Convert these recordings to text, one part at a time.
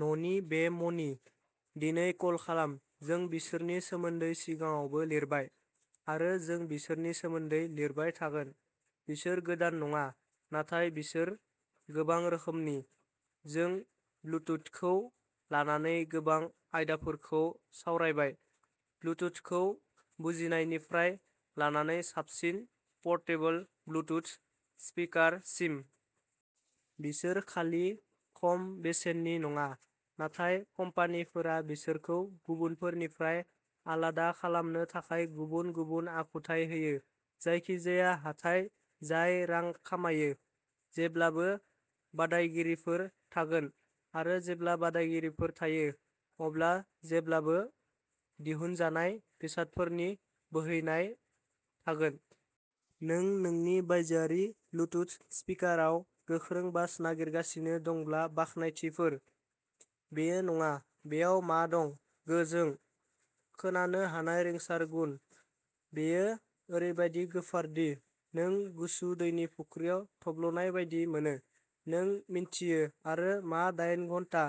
न'नि बे मणि, दिनै कल खालाम जों बिसोरनि सोमोन्दै सिगाङावबो लिरबाय। आरो जों बिसोरनि सोमोन्दै लिरबाय थागोन। बिसोर गोदान नङा, नाथाय बिसोर गोबां रोखोमनि। जों ब्लुटुथखौ लानानै गोबां आयदाफोरखौ सावरायबाय। ब्लुटुथखौ बुजिनायनिफ्राय लानानै साबसिन परटेबल ब्लुटुथ स्पिकार सिम। बिसोर खालि खम बेसेननि नङा, नाथाय कम्पानिफोरा बिसोरखौ गुबुनफोरनिफ्राय आलादा खालामनो थाखाय गुबुन गुबुन आखुथाय होयो। जायखिजाया हाथाइ जाय रां खामायो, जेब्लाबो बादायगिरिफोर थागोन। आरो जेब्ला बादायगिरिफोर थायो, अब्ला जेब्लाबो दिहुनजानाय बेसादफोरनि बोहैनाय थागोन। नों नोंनि बायजोआरि ब्लुटुथ स्पिकाराव गोख्रों बास नागिरगासिनो दंब्ला बाख्नायथिफोर, बेयो नङा। बेयाव मा दं। गोजों, खोनानो हानाय रिंसार गुन। बेयो ओरैबादि गोफार दि नों गुसु दैनि फुख्रियाव थब्लनाय बायदि मोनो। नों मिन्थियो आरो मा दायेन घन्टा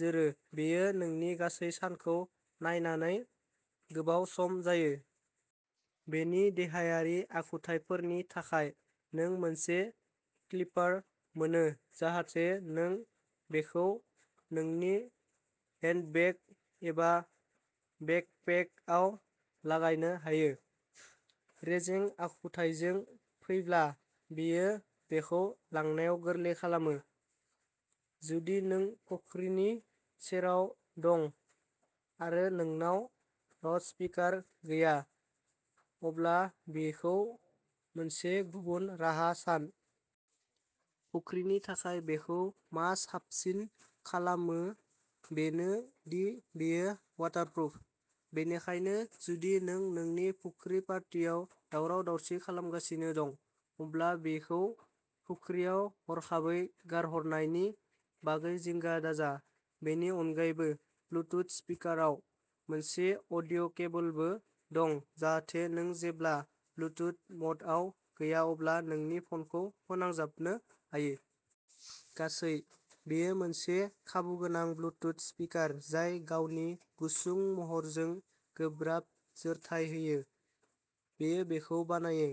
जोरो बेयो नोंनि गासै सानखौ नायनानै गोबाव सम जायो। बेनि देहायारि आखुथायफोरनि थाखाय नों मोनसे क्लिपार मोनो जाहाथे नों बेखौ नोंनि हेन्डबेग, एबा बेकपेकआव लागायनो हायो। रेजें आखुथायजों फैब्ला, बेयो बेखौ लांनायाव गोरलै खालामो। जुदि नों फुख्रिनि सेराव दं आरो नोंनाव लाउडस्पिकार गैया, अब्ला बेखौ मोनसे गुबुन राहा सान। फुख्रिनि थाखाय बेखौ मा साबसिन खालामो बेनो दि बेयो वाटारप्रुफ। बेनिखायनो जुदि नों नोंनि फुख्रि पार्टियाव दावराव-दावसि खालामगासिनो दं, अब्ला बेखौ फुख्रियाव हरखाबै गारहरनायनि बागै जिंगा दाजा। बेनि अनगायैबो, ब्लुटुथ स्पिकाराव मोनसे अडिअ'केबलबो दं जाहाथे नों जेब्ला ब्लुटुथ म'डआव गैया अब्ला नोंनि फ'नखौ फोनांजाबनो हायो। गासै, बेयो मोनसे खाबुगोनां ब्लुटुथ स्पिकार जाय गावनि गुसुं महरजों गोब्राब जोरथाय होयो। बेयो बेखौ बानायो।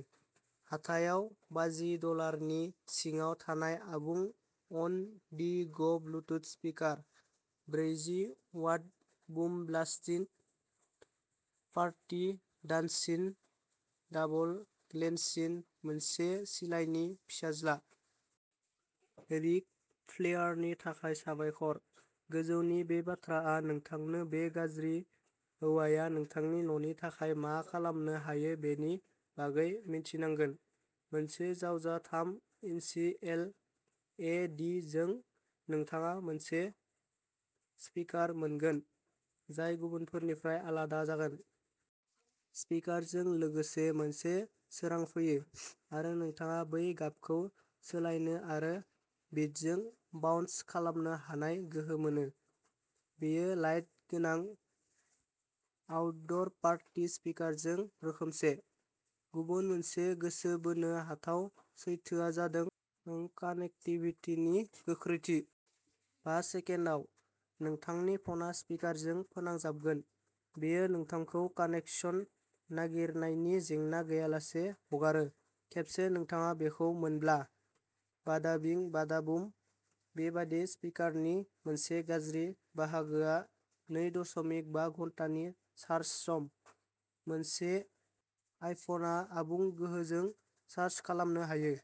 हाथायाव बाजि डलारनि सिङाव थानाय आबुं अन दि ग ब्लुटुथ स्पिकार। ब्रैजि watt boom blasting, party dancing, double glancing, मोनसे सिलाइनि फिसाज्ला। रिक फ्लेयारनि थाखाय साबायखर, गोजौनि बे बाथ्राआ नोंथांनो बे गाज्रि हौवाया नोंथांनि न'नि थाखाय मा खालामनो हायो बेनि बागै मिन्थिनांगोन। मोनसे जावजा थाम इन्सि एल। इ डि जों नोंथाङा मोनसे स्पिकार मोनगोन जाय गुबुनफोरनिफ्राय आलादा जागोन। स्पिकारजों लोगोसे मोनसे सोरां फैयो। आरो नोंथाङा बै गाबखौ सोलायनो आरो बिटजों बाउन्स खालामनो हानाय गोहो मोनो। बेयो लाइट गोनां आउटड'र पार्टि स्पिकारजों रोखोमसे। गुबुन मोनसे गोसो बोनो हाथाव सैथोआ जादों कानेक्टिभिटिनि गोख्रैथि। बा सेकेन्डाव, नोंथांनि फना स्पिकारजों फोनांजाबगोन। बेयो नोंथांखौ कानेक्सन नागिरनायनि जेंना गैयालासे हगारो। खेबसे नोंथाङा बेखौ मोनब्ला, बाडा बिं बाडा बुम। बेबादि स्पिकारनि मोनसे गाज्रि बाहागोआ नै दशमिक बा घन्टानि चार्ज सम। मोनसे आइफनआ आबुं गोहोजों चार्ज खालामनो हायो।